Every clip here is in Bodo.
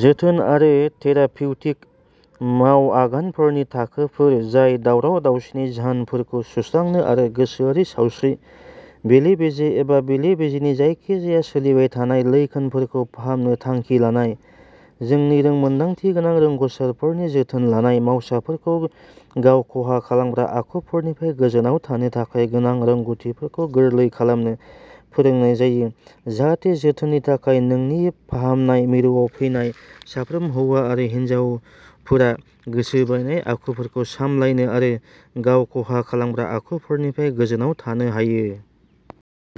जोथोन आरो थेरापिउटिक मावआगानफोरनि थाखोफोर जाय दावराव दावसिनि जाहोनफोरखौ सुस्रांनो आरो गोसोआरि सावस्रि बेले बेजे एबा बेले-बेजेनि जायखिजाया सोलिबाय थानाय लैखोनफोरखौ फाहामनो थांखि लानाय। जोंनि रोंमोन्दांथिगोनां रोंग'सारफोरनि जोथोन लानाय मावसाफोरखौ गाव खहा खालामग्रा आखुफोरनिफ्राय गोजानाव थानो थाखाय गोनां रोंग'थिफोरखौ गोरलै खालामनो फोरोंनाय जायो जाहाथे जोथोननि थाखाय जोंनि फाहामनाय मिरुआव फैनाय साफ्रोम हौवा आरो हिनजावफोरा गोसो बायनाय आखुफोरखौ सामलायनो आरो गाव खहा खालामग्रा आखुफोरनिफ्राय गोजानाव थानो हायो।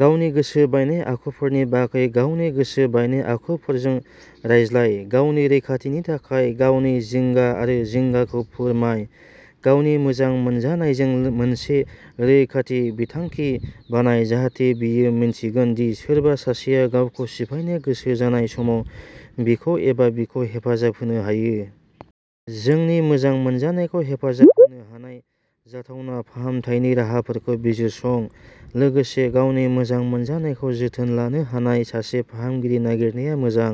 गावनि गोसो बायनाय आखुफोरनि बागै गावनि गोसो बायनाय आखुफोरजों रायज्लाय, गावनि रैखाथिनि थाखाय गावनि जिंगा आरो जिंगाखौ फोरमाय। गावनि मोजां मोनजानायजों मोनसे रैखाथि बिथांखि बानाय जाहाथे बियो मिन्थिगोन दि सोरबा सासेया गावखौ सिफायनो गोसो जानाय समाव बिखौ एबा बिखौ हेफाजाब होनो हायो। नोंनि मोजां मोनजानायखौ हेफाजाब होनो हानाय जाथावना फाहामथायनि राहाफोरखौ बिजिरसं। लोगोसे, गावनि मोजां मोनजानायखौ जोथोन लानो हानाय सासे फाहामगिरि नागिरनाया मोजां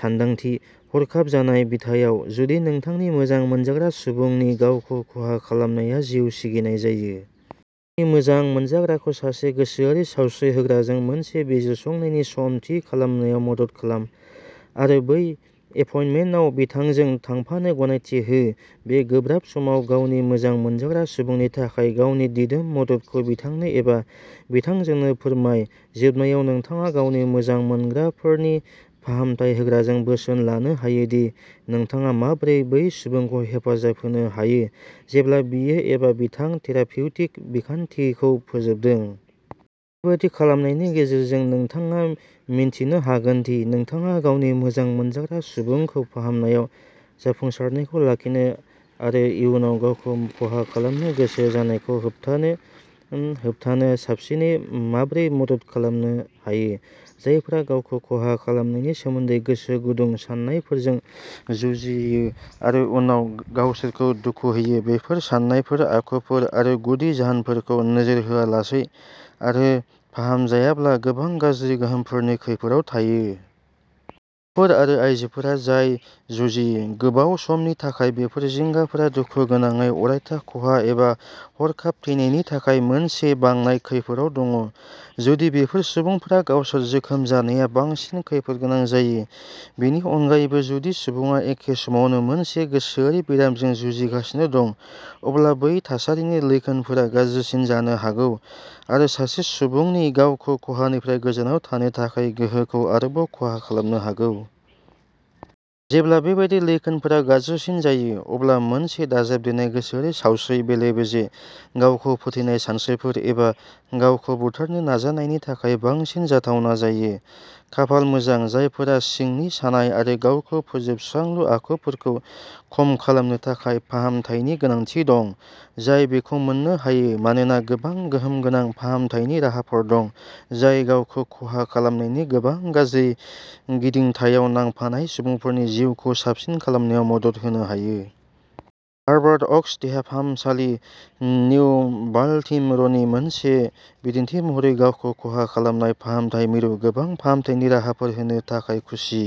सानदांथि। हरखाब जानाय बिथायाव, जुदि नोंथांनि मोजां मोनजाग्रा सुबुंनि गावखौ खहा खालामनाया जिउ सिगिनाय जायो। गावनि मोजां मोनजाग्राखौ सासे गोसोआरि सावस्रि होग्राजों मोनसे बिजिरसंनायनि सम थि खालामनायाव मदद खालाम आरो बै एपइन्टमेन्टआव बिथांजों थांफानो गनायथि हो बे गोब्राब समाव गावनि मोजां मोनजाग्रा सुबुंनि थाखाय गावनि दिदोम मददखौ बिथांनो एबा बिथांजोखौ फोरमाय जोबनायाव नोंथाङा गावनि मोजां मोनग्राफोरनि फाहामथाय होग्राजों बोसोन लानो हायो दि नोंथाङा माबोरै बै सुबुंखौ हेफाजाब होनो हायो जेब्ला बियो एबा बिथां थेरापिउटिक बिखान्थिखौ फोजोबदों। बेबादि खालामनायनि गेजेरजों, नोंथाङा मिन्थिनो हागोन दि नोंथाङा गावनि मोजां मोनजाग्रा सुबुंखौ फाहामनायाव जाफुंसारनायखौ लाखिनो आरो इयुनाव गावखौ खहा खालामनो गोसो जानायखौ होबथानो होबथानो साबसिनै माबोरै मदद खालामनो हायो। जायफोरा गावखौ खहा खालामनायनि सोमोनदै गोसो गुदुं साननायफोरजों जुजिङो आरो उनाव गावसोरखौ दुखु होयो, बेफोर साननायफोर, आखुफोर आरो गुदि जाहोनफोरखौ नोजोर होआलासै आरो फाहामजायाब्ला गोबां गाज्रि गोहोमफोरनि खैफोदआव थायो। हौवाफोर आरो आइजोफोरा जाय जुजियो। गोबाव समनि थाखाय बेफोर जिंगाफोरा दुखु गोनाङै अरायथा खहा एबा हरखाब थैनायनि थाखाय मोनसे बांनाय खैफोदआव दङ, जुदि बेफोर सुबुंफोरा गावसोर जोखोम जानाया बांसिन खैफोदगोनां जायो। बेनि अनगायैबो, जुदि सुबुङा एखे समावनो मोनसे गोसोआरि बेरामजों जुजिगासिनो दं, अब्ला बै थासारिनि लैखोनफोरा गाज्रिसिन जानो हागौ आरो सासे सुबुंनि गावखौ खहानिफ्राय गोजानाव थानो हानाय गोहोखौ आरोबाव खहा खालामनो हागौ। जेब्ला बेबादि लैखोनफोरा गाज्रिसिन जायो, अब्ला मोनसे दाजाबदेरनाय गोसोआरि सावस्रि बेले बेजे, गावखौ फोथैनाय सानस्रिफोर, एबा गावखौ बुथारनो नाजानायनि थाखाय बांसिन जाथावना जायो। खाफाल मोजां, जायफोरा सिंनि सानाय आरो गावखौ फोजोबस्रांलु आखुफोरखौ खम खालामनो थाखाय फाहामथायनि गोनांथि दं, जाय बेखौ मोननो हायो मानोना गोबां गोहोमगोनां फाहामथायनि राहाफोर दं जाय गावखौ खहा खालामनायनि गोबां गाज्रि गिदिंथायाव नांफानाय सुबुंफोरनि जिउखौ साबसिन खालामनायाव मदद होनो हायो। हार्बर अक्स देहा फाहामसालि, निउ बाल्टिम'रनि मोनसे दिन्थिमहरै गावखौ खहा खालामनाय फाहामथाय मिरु, गोबां फाहामथायनि राहाफोर होनो थाखाय खुसि।